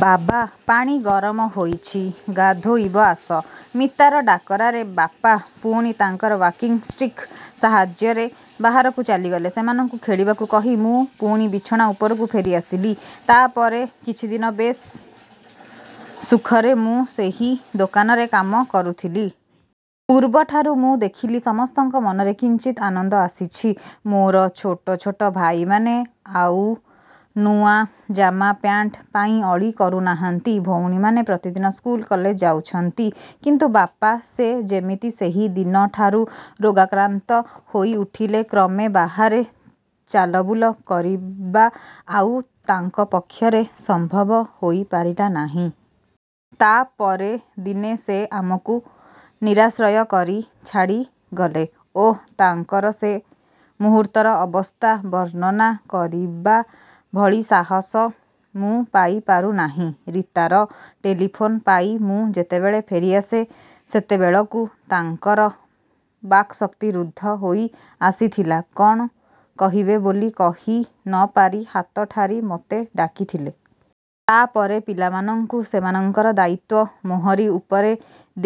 ବାବା, ପାଣି ଗରମ ହୋଇଛି, ଗାଧୋଇବ ଆସ। ମୀତାର ଡାକରାରେ ବାପା ପୁଣି ତାଙ୍କର ୱାକିଂ ଷ୍ଟିକ୍ ସାହାଯ୍ୟରେ ବାହାରକୁ ଚାଲିଗଲେ। ସେମାନଙ୍କୁ ଖେଳିବାକୁ କହି ମୁଁ ପୁଣି ବିଛଣା ଉପରକୁ ଫେରିଆସିଲି। ତା ପରେ କିଛିଦିନ ବେଶ୍ ସୁଖରେ ମୁଁ ସେହି ଦୋକାନରେ କାମ କରୁଥିଲି। ପୂର୍ବଠାରୁ ମୁଁ ଦେଖିଲି ସମସ୍ତଙ୍କ ମନରେ କିଞ୍ଚିତ୍ ଆନନ୍ଦ ଆସିଛି। ମୋର ଛୋଟ ଛୋଟ ଭାଇମାନେ ଆଉ ନୂଆ ଜାମା ପ୍ୟାଣ୍ଟ ପାଇଁ ଅଳି କରୁନାହାନ୍ତି। ଭଉଣୀମାନେ ପ୍ରତିଦିନ ସ୍କୁଲ, କଲେଜ ଯାଉଛନ୍ତି। କିନ୍ତୁ ବାପା, ସେ ଯେମିତି ସେହି ଦିନଠାରୁ ରୋଗାକ୍ରାନ୍ତ ହୋଇଉଠିଲେ। କ୍ରମେ ବାହାରେ ଚାଲବୁଲ କରିବା ଆଉ ତାଙ୍କ ପକ୍ଷରେ ସମ୍ଭବ ହୋଇପାରିଲା ନାହିଁ। ତା ପରେ ଦିନେ ସେ ଆମକୁ ନିରାଶ୍ରୟ କରି ଛାଡ଼ିଗଲେ। ଓଃ, ତାଙ୍କର ସେ ମୁହୂର୍ତ୍ତର ଅବସ୍ଥା ବର୍ଣ୍ଣନା କରିବା ଭଳି ସାହସ ମୁଁ ପାଇପାରୁନାହିଁ। ରୀତାର ଟେଲିଫୋନ୍ ପାଇ ମୁଁ ଯେତେବେଳେ ଫେରିଆସେ, ସେତେବେଳକୁ ତାଙ୍କର ବାକ୍‌ଶକ୍ତି ରୁଦ୍ଧ ହୋଇ ଆସିଥିଲା। କଣ କହିବେ ବୋଲି କହି ନ ପାରି ହାତ ଠାରି ମୋତେ ଡାକିଥିଲେ। ତା ପରେ ପିଲାମାନଙ୍କୁ। ସେମାନଙ୍କର ଦାୟିତ୍ୱ ମୋହରି ଉପରେ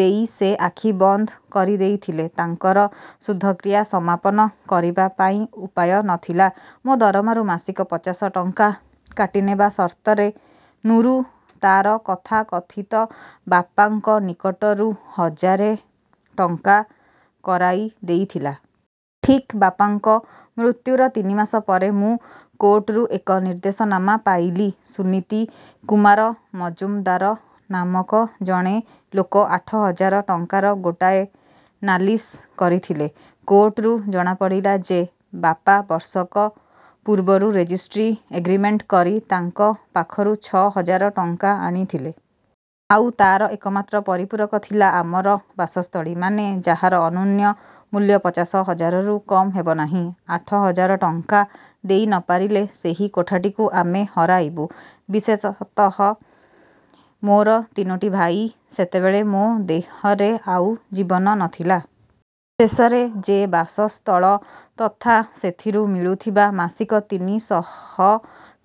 ଦେଇ ସେ ଆଖି ବନ୍ଦ କରିଦେଇଥିଲେ। ତାଙ୍କର ଶୁଦ୍ଧକ୍ରିୟା ସମାପନ କରିବା ପାଇଁ ଉପାୟ ନଥିଲା। ମୋ ଦରମାରୁ ମାସିକ ପଚାଶ ଟଙ୍କା କାଟିନେବା ସର୍ତ୍ତରେ ନୁରୁ ତାର ତଥାକଥିତ ବାପାଙ୍କ ନିକଟରୁ ହଜାରେ ଟଙ୍କା କରାଇ ଦେଇଥିଲା। ଠିକ୍ ବାପାଙ୍କ ମୃତ୍ୟୁର ତିନି ମାସ ପରେ ମୁଁ କୋର୍ଟରୁ ଏକ ନିର୍ଦ୍ଦେଶନାମା ପାଇଲି। ସୁନୀତି କୁମାର ମଜୁମଦାର ନାମକ ଜଣେ ଲୋକ ଆଠ ହଜାର ଟଙ୍କାର ଗୋଟାଏ ନାଲିସ୍ କରିଥିଲେ। କୋର୍ଟରୁ ଜଣାପଡ଼ିଲା ଯେ, ବାପା ବର୍ଷକ ପୂର୍ବରୁ ରେଜିଷ୍ଟ୍ରି ଏଗ୍ରିମେଣ୍ଟ କରି ତାଙ୍କ ପାଖରୁ ଛ' ହଜାର ଟଙ୍କା ଆଣିଥିଲେ। ଆଉ ତାର ଏକମାତ୍ର ପରିପୂରକ ଥିଲା ଆମର ବାସସ୍ଥଳୀ, ମାନେ, ଯାହାର ଅନ୍ୟୂନ ମୂଲ୍ୟ ପଚାଶ ହଜାରରୁ କମ୍ ହେବ ନାହିଁ। ଆଠ ହଜାର ଟଙ୍କା ଦେଇ ନ ପାରିଲେ, ସେହି କୋଠାଟିକୁ ଆମେ ହରାଇବୁ। ବିଶେଷତଃ ମୋର ତିନୋଟି ଭାଇ, ସେତେବେଳେ ମୋ ଦେହରେ ଆଉ ଜୀବନ ନଥିଲା। ଶେଷରେ ଯେ ବାସସ୍ଥଳ ତଥା ସେଥିରୁ ମିଳୁଥିବା ମାସିକ ତିନି ଶହ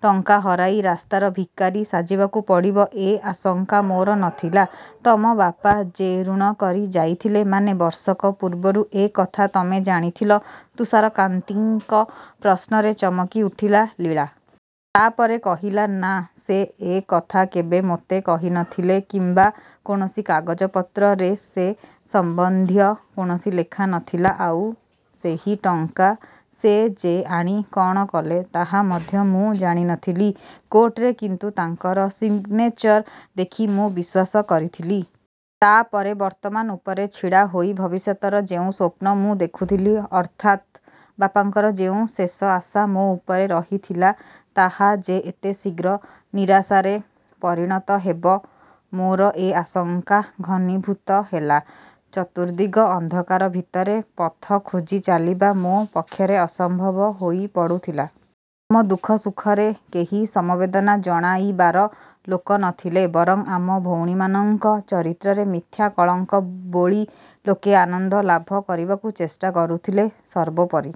ଟଙ୍କା ହରାଇ ରାସ୍ତାର ଭିକାରୀ ସାଜିବାକୁ ପଡ଼ିବ, ଏ ଆଶଙ୍କା ମୋର ନଥିଲା। ତମ ବାପା ଯେ ଋଣ କରି ଯାଇଥିଲେ, ମାନେ ବର୍ଷକ ପୂର୍ବରୁ ଏ କଥା ତମେ ଜାଣିଥିଲ? ତୁଷାରକାନ୍ତିଙ୍କ ପ୍ରଶ୍ନରେ ଚମକିଉଠିଲା ଲୀଳା। ତା ପରେ କହିଲା, ନା, ସେ ଏ କଥା କେବେ ମୋତେ କହିନଥିଲେ କିମ୍ବା କୌଣସି କାଗଜପତ୍ରରେ ସେ ସମ୍ବନ୍ଧୀୟ କୌଣସି ଲେଖା ନଥିଲା। ଆଉ ସେହି ଟଙ୍କା ସେ ଯେ ଆଣି କଣ କଲେ, ତାହା ମଧ୍ୟ ମୁଁ ଜାଣିନଥିଲି। କୋର୍ଟରେ କିନ୍ତୁ ତାଙ୍କର ସିଗ୍ନେଚର ଦେଖି ମୁଁ ବିଶ୍ୱାସ କରିଥିଲି। ତା ପରେ? ବର୍ତ୍ତମାନ ଉପରେ ଛିଡ଼ା ହୋଇ ଭବିଷ୍ୟତର ଯେଉଁ ସ୍ୱପ୍ନ ମୁଁ ଦେଖୁଥିଲି, ଅର୍ଥାତ୍ ବାପାଙ୍କର ଯେଉଁ ଶେଷ ଆଶା ମୋ ଉପରେ ରହିଥିଲା, ତାହା ଯେ ଏତେ ଶୀଘ୍ର ନିରାଶାରେ ପରିଣତ ହେବ, ମୋର ଏ ଆଶଙ୍କା ଘନୀଭୂତ ହେଲା। ଚତୁର୍ଦ୍ଦିଗ ଅନ୍ଧକାର ଭିତରେ ପଥ ଖୋଜି ଚାଲିବା ମୋ ପକ୍ଷରେ ଅସମ୍ଭବ ହୋଇପଡ଼ୁଥିଲା। ଆମ ଦୁଃଖ ସୁଖରେ କେହି ସମବେଦନା ଜଣାଇବାର ଲୋକ ନଥିଲେ। ବରଂ ଆମ ଭଉଣୀମାନଙ୍କ ଚରିତ୍ରରେ ମିଥ୍ୟା କଳଙ୍କ ବୋଳି ଲୋକେ ଆନନ୍ଦଲାଭ କରିବାକୁ ଚେଷ୍ଟା କରୁଥିଲେ। ସର୍ବୋପରି